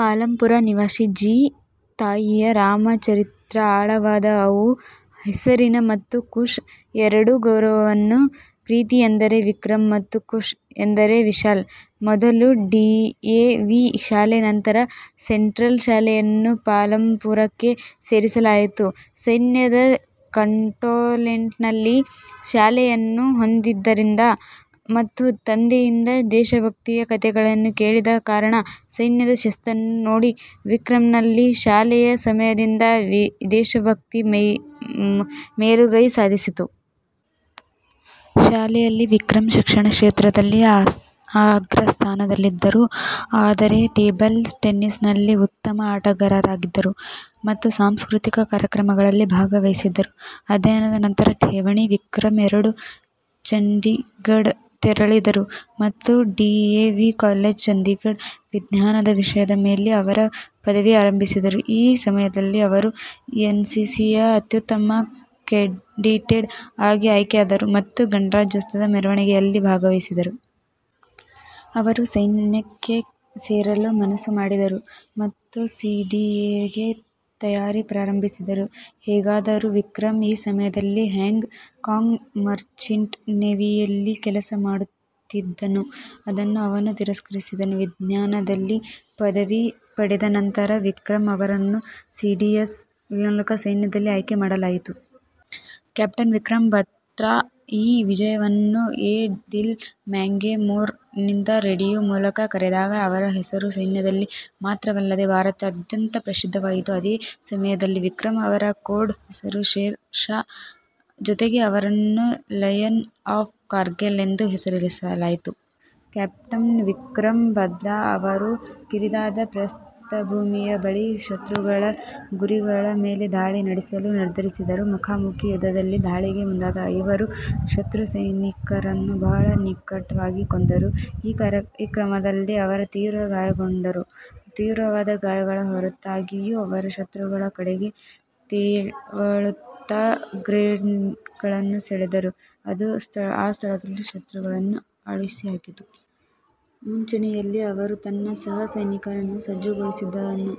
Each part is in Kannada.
ಪಾಲಂಪುರ ನಿವಾಸಿ ಜಿ. ತಾಯಿಯ ರಾಮಚರಿತ ಆಳವಾದ ಅವು ಹೆಸರಿನ ಮತ್ತು ಕುಶ್ ಎರಡೂ ಗೌರವವನ್ನು. ಪ್ರೀತಿ ಎಂದರೆ ವಿಕ್ರಮ್ ಮತ್ತು ಕುಶ್ ಎಂದರೆ ವಿಶಾಲ್. ಮೊದಲು ಡಿಎವಿ ಶಾಲೆ, ನಂತರ ಸೆಂಟ್ರಲ್ ಶಾಲೆಯನ್ನು ಪಾಲಂಪುರಕ್ಕೆ ಸೇರಿಸಲಾಯಿತು. ಸೈನ್ಯದ ಕಂಟೋನ್ಮೆಂಟ್ನಲ್ಲಿ ಶಾಲೆಯನ್ನು ಹೊಂದಿದ್ದರಿಂದ ಮತ್ತು ತಂದೆಯಿಂದ ದೇಶಭಕ್ತಿಯ ಕಥೆಗಳನ್ನು ಕೇಳಿದ ಕಾರಣ ಸೈನ್ಯದ ಶಿಸ್ತನ್ನು ನೋಡಿ, ವಿಕ್ರಮ್ನಲ್ಲಿ ಶಾಲೆಯ ಸಮಯದಿಂದ ದೇಶಭಕ್ತಿ ಮೇಲುಗೈ ಸಾಧಿಸಿತು. ಶಾಲೆಯಲ್ಲಿ, ವಿಕ್ರಮ್ ಶಿಕ್ಷಣ ಕ್ಷೇತ್ರದಲ್ಲಿ ಅಗ್ರಸ್ಥಾನದಲ್ಲಿದ್ದರು, ಆದರೆ ಟೇಬಲ್ ಟೆನಿಸ್ನಲ್ಲಿ ಉತ್ತಮ ಆಟಗಾರರಾಗಿದ್ದರು ಮತ್ತು ಸಾಂಸ್ಕೃತಿಕ ಕಾರ್ಯಕ್ರಮಗಳಲ್ಲಿ ಭಾಗವಹಿಸಿದರು. ಅಧ್ಯಯನ ನಂತರ ಠೇವಣಿ ವಿಕ್ರಮ್ ಎರಡು ಚಂಡೀಘಢ ತೆರಳಿದರು ಮತ್ತು ಡಿಎವಿ ಕಾಲೇಜ್, ಚಂಡೀಘಢ ವಿಜ್ಞಾನದ ವಿಷಯದ ಮೇಲಿನ ಅವರ ಪದವಿ ಆರಂಭಿಸಿದರು. ಈ ಸಮಯದಲ್ಲಿ ಅವರು ಎನ್ಸಿಸಿಯ ಅತ್ಯುತ್ತಮ ಕೆಡೆಟ್ ಆಗಿ ಆಯ್ಕೆಯಾದರು ಮತ್ತು ಗಣರಾಜ್ಯೋತ್ಸವದ ಮೆರವಣಿಗೆಯಲ್ಲಿ ಭಾಗವಹಿಸಿದರು. ಅವರು ಸೈನ್ಯಕ್ಕೆ ಸೇರಲು ಮನಸ್ಸು ಮಾಡಿದರು ಮತ್ತು ಸಿಡಿಎಸ್ ಗೆ ತಯಾರಿ ಪ್ರಾರಂಭಿಸಿದರು. ಹೇಗಾದರೂ, ವಿಕ್ರಮ್ ಈ ಸಮಯದಲ್ಲಿ ಹಾಂಗ್ ಕಾಂಗ್ನ ಮರ್ಚೆಂಟ್ ನೇವಿಯಲ್ಲಿ ಕೆಲಸ ಪಡೆಯುತ್ತಿದ್ದನು, ಅದನ್ನು ಅವನು ತಿರಸ್ಕರಿಸಿದನು. ವಿಜ್ಞಾನದಲ್ಲಿ ಪದವಿ ಪಡೆದ ನಂತರ ವಿಕ್ರಮ್ ಅವರನ್ನು ಸಿಡಿಎಸ್ ಮೂಲಕ ಸೈನ್ಯದಲ್ಲಿ ಆಯ್ಕೆ ಮಾಡಲಾಯಿತು. ಕ್ಯಾಪ್ಟನ್ ವಿಕ್ರಮ್ ಬಾತ್ರಾ ಈ ವಿಜಯವನ್ನು 'ಯೆ ದಿಲ್ ಮಾಂಗೆ ಮೋರ್' ನಿಂದ ರೇಡಿಯೊ ಮೂಲಕ ಕರೆದಾಗ, ಅವರ ಹೆಸರು ಸೈನ್ಯದಲ್ಲಿ ಮಾತ್ರವಲ್ಲದೆ ಭಾರತದಾದ್ಯಂತ ಪ್ರಸಿದ್ಧವಾಯಿತು. ಅದೇ ಸಮಯದಲ್ಲಿ, ವಿಕ್ರಮ್ ಅವರ ಕೋಡ್ ಹೆಸರು ಶೇರ್ ಷಾ ಜೊತೆಗೆ, ಅವರನ್ನು 'ಲಯನ್ ಆಫ್ ಕಾರ್ಗಿಲ್' ಎಂದು ಹೆಸರಿಸಲಾಯಿತು. ಕ್ಯಾಪ್ಟನ್ ವಿಕ್ರಮ್ ಬಾತ್ರಾ ಅವರು ಕಿರಿದಾದ ಪ್ರಸ್ಥಭೂಮಿಯ ಬಳಿ ಶತ್ರುಗಳ ಗುರಿಗಳ ಮೇಲೆ ದಾಳಿ ನಡೆಸಲು ನಿರ್ಧರಿಸಿದರು. ಮುಖಾಮುಖಿ ಯುದ್ಧದಲ್ಲಿ ದಾಳಿಗೆ ಮುಂದಾದ ಐವರು ಶತ್ರು ಸೈನಿಕರನ್ನು ಬಹಳ ನಿಕಟವಾಗಿ ಕೊಂದರು. ಈ ಕ್ರಮದಲ್ಲಿ ಅವರು ತೀವ್ರ ಗಾಯಗೊಂಡರು. ತೀವ್ರವಾದ ಗಾಯಗಳ ಹೊರತಾಗಿಯೂ, ಅವರು ಶತ್ರುಗಳ ಕಡೆಗೆ ತೆವಳುತ್ತಾ ಗ್ರೆನೇಡ್ಗಳನ್ನು ಎಸೆದರು, ಅದು ಆ ಸ್ಥಳದಲ್ಲಿ ಶತ್ರುಗಳನ್ನು ಅಳಿಸಿಹಾಕಿತು. ಮುಂಚೂಣಿಯಲ್ಲಿ, ಅವನು ತನ್ನ ಸಹ ಸೈನಿಕರನ್ನು ಸಜ್ಜುಗೊಳಿಸಿದನು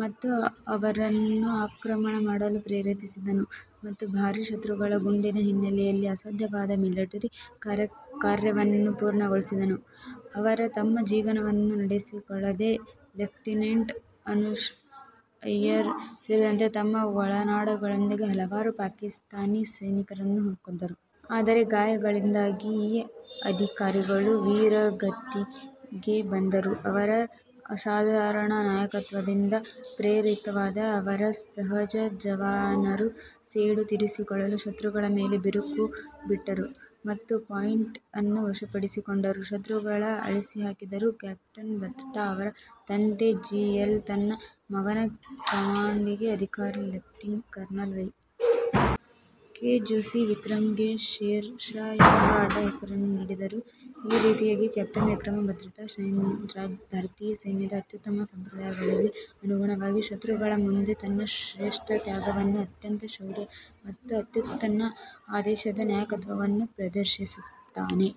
ಮತ್ತು ಅವರನ್ನು ಆಕ್ರಮಣ ಮಾಡಲು ಪ್ರೇರೇಪಿಸಿದನು ಮತ್ತು ಭಾರೀ ಶತ್ರುಗಳ ಗುಂಡಿನ ಹಿನ್ನೆಲೆಯಲ್ಲಿ ಅಸಾಧ್ಯವಾದ ಮಿಲಿಟರಿ ಕಾರ್ಯವನ್ನು ಪೂರ್ಣಗೊಳಿಸಿದನು. ಅವರು, ತಮ್ಮ ಜೀವನವನ್ನು ನೋಡಿಕೊಳ್ಳದೆ ಲೆಫ್ಟಿನೆಂಟ್ ಅನುಜ್ ನಯ್ಯರ್ ಸೇರಿದಂತೆ ತಮ್ಮ ಒಡನಾಡಿಗಳೊಂದಿಗೆ ಹಲವಾರು ಪಾಕಿಸ್ತಾನಿ ಸೈನಿಕರನ್ನು ಕೊಂದರು. ಆದರೆ ಗಾಯಗಳಿಂದಾಗಿ ಈ ಅಧಿಕಾರಿಗಳು ವೀರಗತಿಗೆ ಬಂದರು. ಅವರ ಅಸಾಧಾರಣ ನಾಯಕತ್ವದಿಂದ ಪ್ರೇರಿತರಾಗಿ, ಅವರ ಸಹ ಜವಾನರು ಸೇಡು ತೀರಿಸಿಕೊಳ್ಳಲು ಶತ್ರುಗಳ ಮೇಲೆ ಬಿರುಕು ಬಿಟ್ಟರು ಮತ್ತು ಪಾಯಿಂಟ್ ಅನ್ನು ವಶಪಡಿಸಿಕೊಂಡರು, ಶತ್ರುಗಳನ್ನು ಅಳಿಸಿಹಾಕಿದರು. ಕ್ಯಾಪ್ಟನ್ ಬಾತ್ರಾ ಅವರ ತಂದೆ ಜಿ. ಎಲ್. ತನ್ನ ಮಗನ ಕಮಾಂಡಿಂಗ್ ಅಧಿಕಾರಿ lieutenant colonel Y. K. Joshi ವಿಕ್ರಮ್ಗೆ ಶೇರ್ ಷಾ ಎಂಬ ಅಡ್ಡಹೆಸರನ್ನು ನೀಡಿದರು. ಈ ರೀತಿಯಾಗಿ, ಕ್ಯಾಪ್ಟನ್ ವಿಕ್ರಮ್ ಬಾತ್ರಾ ಭಾರತೀಯ ಸೈನ್ಯದ ಅತ್ಯುನ್ನತ ಸಂಪ್ರದಾಯಗಳಿಗೆ ಅನುಗುಣವಾಗಿ, ಶತ್ರುಗಳ ಮುಂದೆ, ತನ್ನ ಶ್ರೇಷ್ಠ ತ್ಯಾಗವನ್ನು ಅತ್ಯಂತ ಶೌರ್ಯ ಮತ್ತು ಅತ್ಯುನ್ನತ ಆದೇಶದ ನಾಯಕತ್ವವನ್ನು ಪ್ರದರ್ಶಿಸುತ್ತಾನೆ.